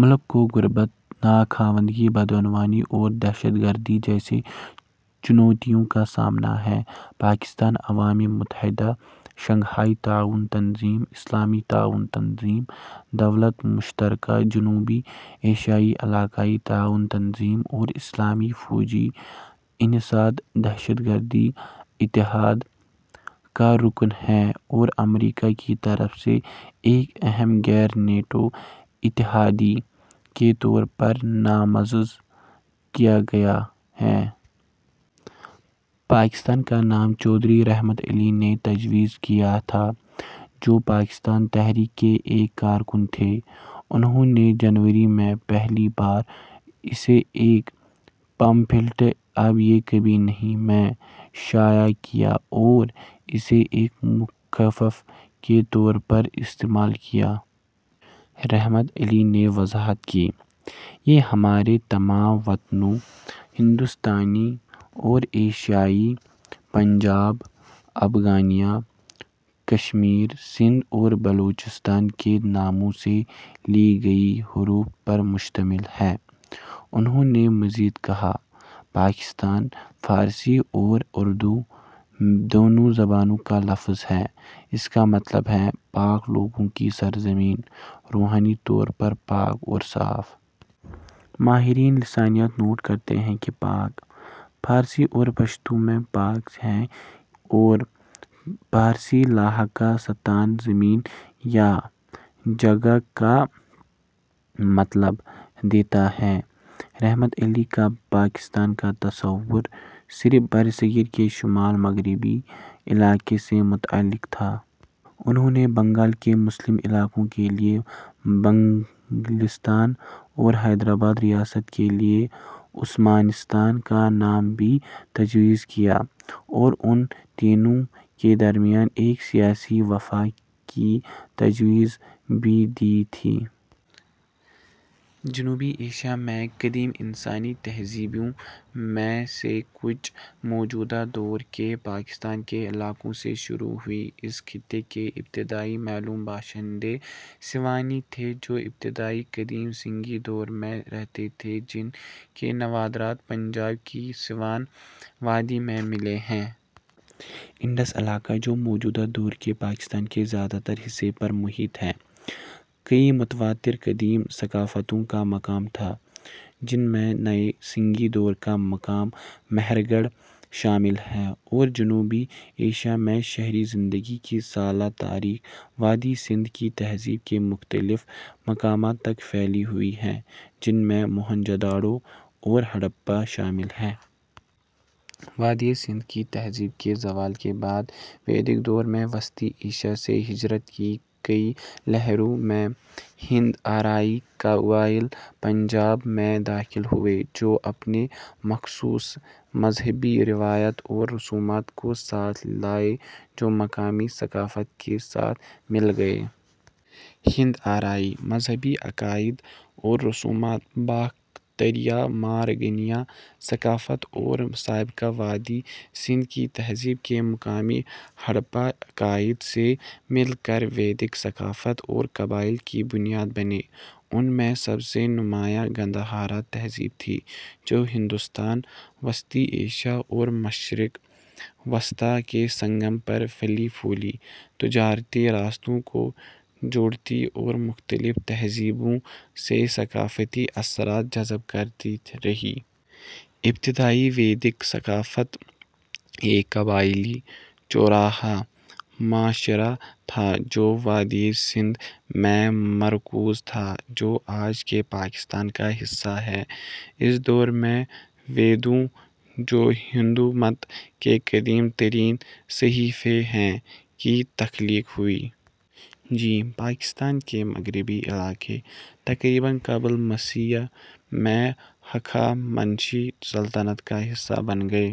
ملک کو غربت ، ناخواندگی ، بدعنوانی اور دہشت گردی جیسے چنوتیوں کا سامنا ہے۔ پاکستان اقوام متحدہ ، شنگھائی تعاون تنظیم ، اسلامی تعاون تنظیم ، دولت مشترکہ ، جنوبی ایشیائی علاقائی تعاون تنظیم اور اسلامی فوجی انسداد دہشت گردی اتحاد کا رکن ہے اور امریکا کی طرف سے ایک اہم غیر نیٹو اتحادی کے طور پر نامزد کیا گیا ہے۔ پاکستان کا نام چودھری رحمت علی نے تجویز کیا تھا، جو پاکستان تحریک کے ایک کارکن تھے۔ انھوں نے جنوری میں پہلی بار اسے ایک پمفلٹ " اب یا کبھی نہیں " میں شائع کیا اور اسے ایک مخفف کے طور پر استعمال کیا۔ رحمت علی نے وضاحت کی: "یہ ہمارے تمام وطنوں، ہندوستانی اور ایشیائی، پنجاب ، افغانیا ، کشمیر ، سندھ اور بلوچستان کے ناموں سے لی گئی حروف پر مشتمل ہے۔ " انھوں نے مزید کہا، "پاکستان فارسی اور اردو دونوں زبانوں کا لفظ ہے… اس کا مطلب ہے پاک لوگوں کی سرزمین، روحانی طور پر پاک اور صاف۔ " ماہرین لسانیات نوٹ کرتے ہیں کہ پاک فارسی اور پشتو میں 'پاک' ہے اور فارسی لاحقہ ـستان 'زمین' یا 'جگہ' کا مطلب دیتا ہے۔ رحمت علی کا پاکستان کا تصور صرف برصغیر کے شمال مغربی علاقے سے متعلق تھا۔ انھوں نے بنگال کے مسلم علاقوں کے لیے "بنگلستان" اور حیدرآباد ریاست کے لیے "عثمانستان" کا نام بھی تجویز کیا اور ان تینوں کے درمیان ایک سیاسی وفاق کی تجویز بھی دی تھی۔ جنوبی ایشیا میں قدیم انسانی تہذیبوں میں سے کچھ موجودہ دور کے پاکستان کے علاقوں سے شروع ہوئیں۔ اس خطے کے ابتدائی معلوم باشندے سوانی تھے جو ابتدائی قدیم سنگی دور میں رہتے تھے، جن کے نوادرات پنجاب کی سوان وادی میں ملے ہیں۔ انڈس علاقہ ، جو موجودہ دور کے پاکستان کے زیادہ تر حصے پر محیط ہے، کئیی متواتر قدیم ثقافتوں کا مقام تھا جن میں نیے سنگی دور کا مقام مہرگڑھ شامل ہے، اور جنوبی ایشیا میں شہری زندگی کی سالہ تاریخ وادی سندھ کی تہذیب کے مختلف مقامات تک پھیلی ہوئی ہے، جن میں موہنجو داڑو اور ہڑپہ شامل ہیں۔ وادی سندھ کی تہذیب کے زوال کے بعد، ویدک دور میں وسطی ایشیا سے ہجرت کی کئیی لہروں میں ہند-آریائی قبائل پنجاب میں داخل ہوئے، جو اپنے مخصوص مذہبی روایات اور رسومات کو ساتھ لائے جو مقامی ثقافت کے ساتھ مل گئیں۔ ہند-آریائی مذہبی عقائد اور رسومات، باختریا-مارگیانا ثقافت اور سابقہ وادی سندھ کی تہذیب کے مقامی ہڑپہ عقائد سے مل کر ویدک ثقافت اور قبائل کی بنیاد بنے۔ ان میں سب سے نمایاں گندھارا تہذیب تھی، جو ہندوستان، وسطی ایشیا اور مشرق وسطیٰ کے سنگم پر پھلی پھولی، تجارتی راستوں کو جوڑتی اور مختلف تہذیبوں سے ثقافتی اثرات جذب کرتی رہی۔ ابتدائی ویدک ثقافت ایک قبائلی، چرواہا معاشرہ تھا جو وادی سندھ میں مرکوز تھا، جو آج کے پاکستان کا حصہ ہے۔ اس دور میں ویدوں ، جو ہندو مت کے قدیم ترین صحیفے ہیں، کی تخلیق ہوئی۔ ج پاکستان کے مغربی علاقے تقریباً قبل مسیح میں ہخامنشی سلطنت کا حصہ بن گئے۔